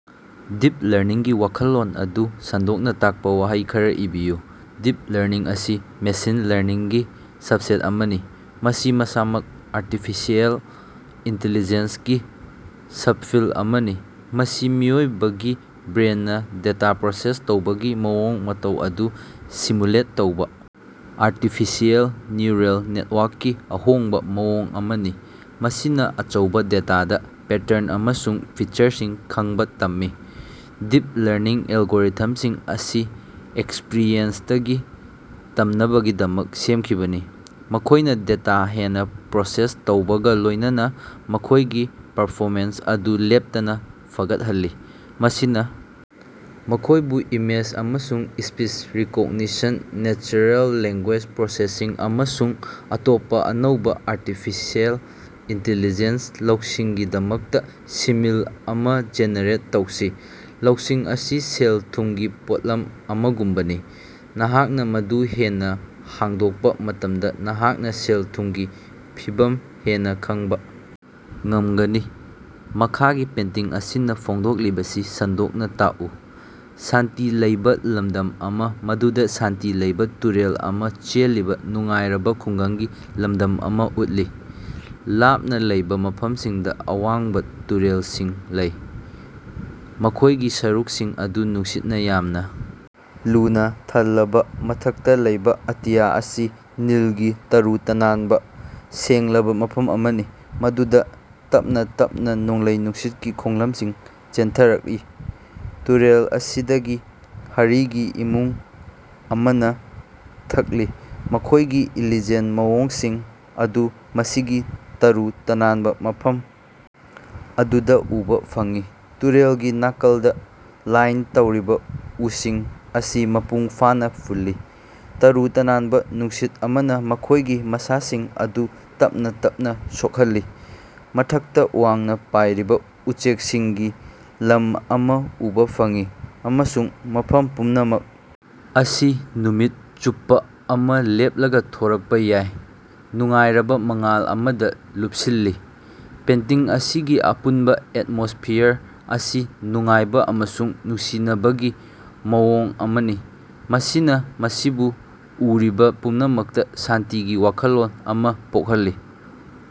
Deep ꯂꯔꯅꯤꯡꯒꯤ ꯋꯥꯈꯜꯂꯣꯟ ꯑꯗꯨ ꯁꯟꯗꯣꯛꯅꯥ ꯇꯥꯛꯄꯥ ꯋꯥꯍꯩ ꯈꯔꯥ ꯏꯕꯤꯌꯨ꯫ ꯗꯤꯞ ꯂꯔꯅꯤꯡ ꯑꯁꯤ ꯃꯦꯁꯤꯟ ꯂꯔꯅꯤꯡꯒꯤ ꯁꯕꯁꯦꯠ ꯑꯃꯅꯤ, ꯃꯁꯤ ꯃꯁꯥꯃꯛ ꯑꯥꯔꯇꯤꯐꯤꯁꯤꯑꯦꯜ ꯏꯟꯇꯤꯂꯤꯖꯦꯟꯁꯒꯤ ꯁꯞꯐꯤꯜ ꯑꯃꯅꯤ꯫ ꯃꯁꯤ ꯃꯤꯑꯣꯏꯕꯒꯤ ꯕ꯭ꯔꯦꯟꯅꯥ ꯗꯦꯇꯥ ꯄ꯭ꯔꯣꯁꯦꯁ ꯇꯧꯕꯒꯤ ꯃꯑꯣꯡ ꯃꯇꯧ ꯑꯗꯨ ꯁꯤꯃꯨꯂꯦꯠ ꯇꯧꯕꯥ ꯑꯥꯔꯇꯤꯐꯤꯁꯤꯑꯦꯜ ꯅ꯭ꯌꯨꯔꯦꯜ ꯅꯦꯠꯋꯥꯛꯀꯤ ꯑꯍꯣꯡꯕꯥ ꯃꯑꯣꯡ ꯑꯃꯅꯤ, ꯃꯁꯤꯅꯥ ꯑꯆꯧꯕꯥ ꯗꯦꯇꯥꯗꯒꯤ ꯄꯦꯇ꯭ꯔꯟ ꯑꯃꯁꯨꯡ ꯐꯤꯆꯔꯁꯤꯡ ꯈꯪꯕꯥ ꯇꯝꯃꯤ꯫ ꯗꯤꯞ ꯂꯔꯅꯤꯡ ꯑꯦꯜꯒꯣꯔꯤꯊꯝꯁꯤꯡ ꯑꯁꯤ ꯑꯦꯛꯁꯄ꯭ꯔꯤꯌꯦꯟꯁꯇꯒꯤ ꯇꯝꯅꯕꯒꯤꯗꯃꯛ ꯁꯦꯝꯈꯤꯕꯅꯤ, ꯃꯈꯣꯏꯅꯥ ꯗꯦꯇꯥ ꯍꯦꯟꯅꯥ ꯄ꯭ꯔꯣꯁꯦꯁ ꯇꯧꯕꯒꯥ ꯂꯣꯏꯅꯅꯥ ꯃꯈꯣꯏꯒꯤ ꯄꯔꯐꯣꯃꯦꯟꯁ ꯑꯗꯨ ꯂꯦꯞꯇꯅꯥ ꯐꯒꯠꯍꯜꯂꯤ꯫ ꯃꯁꯤꯅꯥ ꯃꯈꯣꯏꯕꯨ ꯏꯃꯦꯖ ꯑꯃꯁꯨꯡ speech recognition, natural language processing ꯑꯃꯁꯨꯡ ꯑꯇꯣꯞꯄꯥ ꯑꯅꯧꯕꯥ ꯑꯔꯇꯤꯐꯤꯁꯦꯜ ꯏꯟꯇꯤꯂꯤꯖꯦꯟꯁ ꯂꯧꯁꯤꯡꯒꯤꯗꯃꯛꯇꯥ ꯁꯤꯃꯤꯜ ꯑꯃꯥ ꯖꯦꯅꯦꯔꯦꯠ ꯇꯧꯁꯤ꯫ ꯂꯧꯁꯤꯡ ꯑꯁꯤ ꯁꯦꯜ-ꯊꯨꯝꯒꯤ ꯄꯣꯠꯂꯝ ꯑꯃꯒꯨꯝꯕꯅꯤ, ꯅꯍꯥꯛꯅꯥ ꯃꯗꯨ ꯍꯦꯟꯅꯥ ꯍꯥꯡꯗꯣꯛꯄꯥ ꯃꯇꯝꯗꯥ ꯅꯍꯥꯛꯅꯥ ꯁꯦꯜ-ꯊꯨꯝꯒꯤ ꯐꯤꯚꯝ ꯍꯦꯟꯅꯥ ꯈꯪꯕꯥ ꯉꯝꯒꯅꯤ꯫ ꯃꯈꯥꯒꯤ ꯄꯦꯟꯇꯤꯡ ꯑꯁꯤꯅꯥ ꯐꯣꯡꯗꯣꯛꯂꯤꯕꯁꯤ ꯁꯟꯗꯣꯛꯅ ꯇꯥꯛꯎ꯫ ꯁꯥꯟꯇꯤ ꯂꯩꯕꯥ ꯂꯝꯗꯝ ꯑꯃꯥ, ꯃꯗꯨꯗꯥ ꯁꯥꯟꯇꯤ ꯂꯩꯕꯥ ꯇꯨꯔꯦꯜ ꯑꯃꯥ ꯆꯦꯜꯂꯤꯕꯥ ꯅꯨꯡꯉꯥꯏꯔꯕꯥ ꯈꯨꯡꯒꯪꯒꯤ ꯂꯝꯗꯝ ꯑꯃꯥ ꯎꯠꯂꯤ꯫ ꯂꯥꯞꯅꯥ ꯂꯩꯕꯥ ꯃꯐꯝꯁꯤꯡꯗꯥ ꯑꯋꯥꯡꯕꯥ ꯇꯨꯔꯦꯜꯁꯤꯡ ꯂꯩ, ꯃꯈꯣꯏꯒꯤ ꯁꯔꯨꯛꯁꯤꯡ ꯑꯗꯨ ꯅꯨꯡꯁꯤꯠꯅꯥ ꯌꯥꯝꯅꯥ ꯂꯨꯅꯥ ꯊꯜꯂꯕꯥ, ꯃꯊꯛꯇꯥ ꯂꯩꯕꯥ ꯑꯇꯤꯌꯥ ꯑꯁꯤ ꯅꯤꯜꯒꯤ ꯇꯔꯨ ꯇꯅꯥꯟꯕꯥ ꯁꯦꯡꯂꯕꯥ ꯃꯐꯝ ꯑꯃꯅꯤ, ꯃꯗꯨꯗꯥ ꯇꯞꯅꯥ ꯇꯞꯅꯥ ꯅꯣꯡꯂꯩ ꯅꯨꯡꯁꯤꯠꯀꯤ ꯈꯣꯡꯂꯝꯁꯤꯡ ꯆꯦꯟꯊꯔꯛꯏ꯫ ꯇꯨꯔꯦꯜ ꯑꯁꯤꯗꯒꯤ ꯍꯔꯤꯒꯤ ꯏꯃꯨꯡ ꯑꯃꯅꯥ ꯊꯛꯂꯤ, ꯃꯈꯣꯏꯒꯤ ꯏꯂꯤꯖꯦꯟ ꯃꯑꯣꯡꯁꯤꯡ ꯑꯗꯨ ꯃꯁꯤꯒꯤ ꯇꯔꯨ ꯇꯅꯥꯟꯕꯥ ꯃꯐꯝ ꯑꯗꯨꯗꯥ ꯎꯕꯥ ꯐꯪꯏ꯫ ꯇꯨꯔꯦꯜꯒꯤ ꯅꯥꯀꯜꯗꯥ ꯂꯥꯏꯟ ꯇꯧꯔꯤꯕꯥ ꯎꯁꯤꯡ ꯑꯁꯤ ꯃꯄꯨꯡ ꯐꯥꯅꯥ ꯐꯨꯜꯂꯤ, ꯇꯔꯨ ꯇꯅꯥꯟꯕꯥ ꯅꯨꯡꯁꯤꯠ ꯑꯃꯅꯥ ꯃꯈꯣꯏꯒꯤ ꯃꯁꯥꯁꯤꯡ ꯑꯗꯨ ꯇꯞꯅꯥ ꯇꯞꯅꯥ ꯁꯣꯛꯍꯜꯂꯤ꯫ ꯃꯊꯛꯇꯥ ꯋꯥꯡꯅꯥ ꯄꯥꯏꯔꯤꯕꯥ ꯎꯆꯦꯛꯁꯤꯡꯒꯤ ꯂꯝ ꯑꯃꯥ ꯎꯕꯥ ꯐꯪꯏ ꯑꯃꯁꯨꯡ ꯃꯐꯝ ꯄꯨꯝꯅꯃꯛ ꯑꯁꯤ ꯅꯨꯃꯤꯠ ꯆꯨꯞꯄꯥ ꯑꯃꯥ ꯂꯦꯞꯂꯒꯥ ꯊꯣꯔꯛꯄꯥ ꯌꯥꯏ, ꯅꯨꯡꯉꯥꯏꯔꯕꯥ ꯃꯉꯥꯜ ꯑꯃꯗꯥ ꯂꯨꯞꯁꯤꯜꯂꯤ꯫ ꯄꯦꯟꯇꯤꯡ ꯑꯁꯤꯒꯤ ꯑꯄꯨꯟꯕꯥ ꯑꯦꯠꯃꯣꯁꯐꯤꯌꯥꯔ ꯑꯁꯤ ꯅꯨꯡꯉꯥꯏꯕꯥ ꯑꯃꯁꯨꯡ ꯅꯨꯡꯁꯤꯅꯕꯒꯤ ꯃꯑꯣꯡ ꯑꯃꯅꯤ, ꯃꯁꯤꯅꯥ ꯃꯁꯤꯕꯨ ꯎꯔꯤꯕꯥ ꯄꯨꯝꯅꯃꯛꯇꯥ ꯁꯥꯟꯇꯤꯒꯤ ꯋꯥꯈꯜꯂꯣꯟ ꯑꯃꯥ ꯄꯣꯛꯍꯜꯂꯤ꯫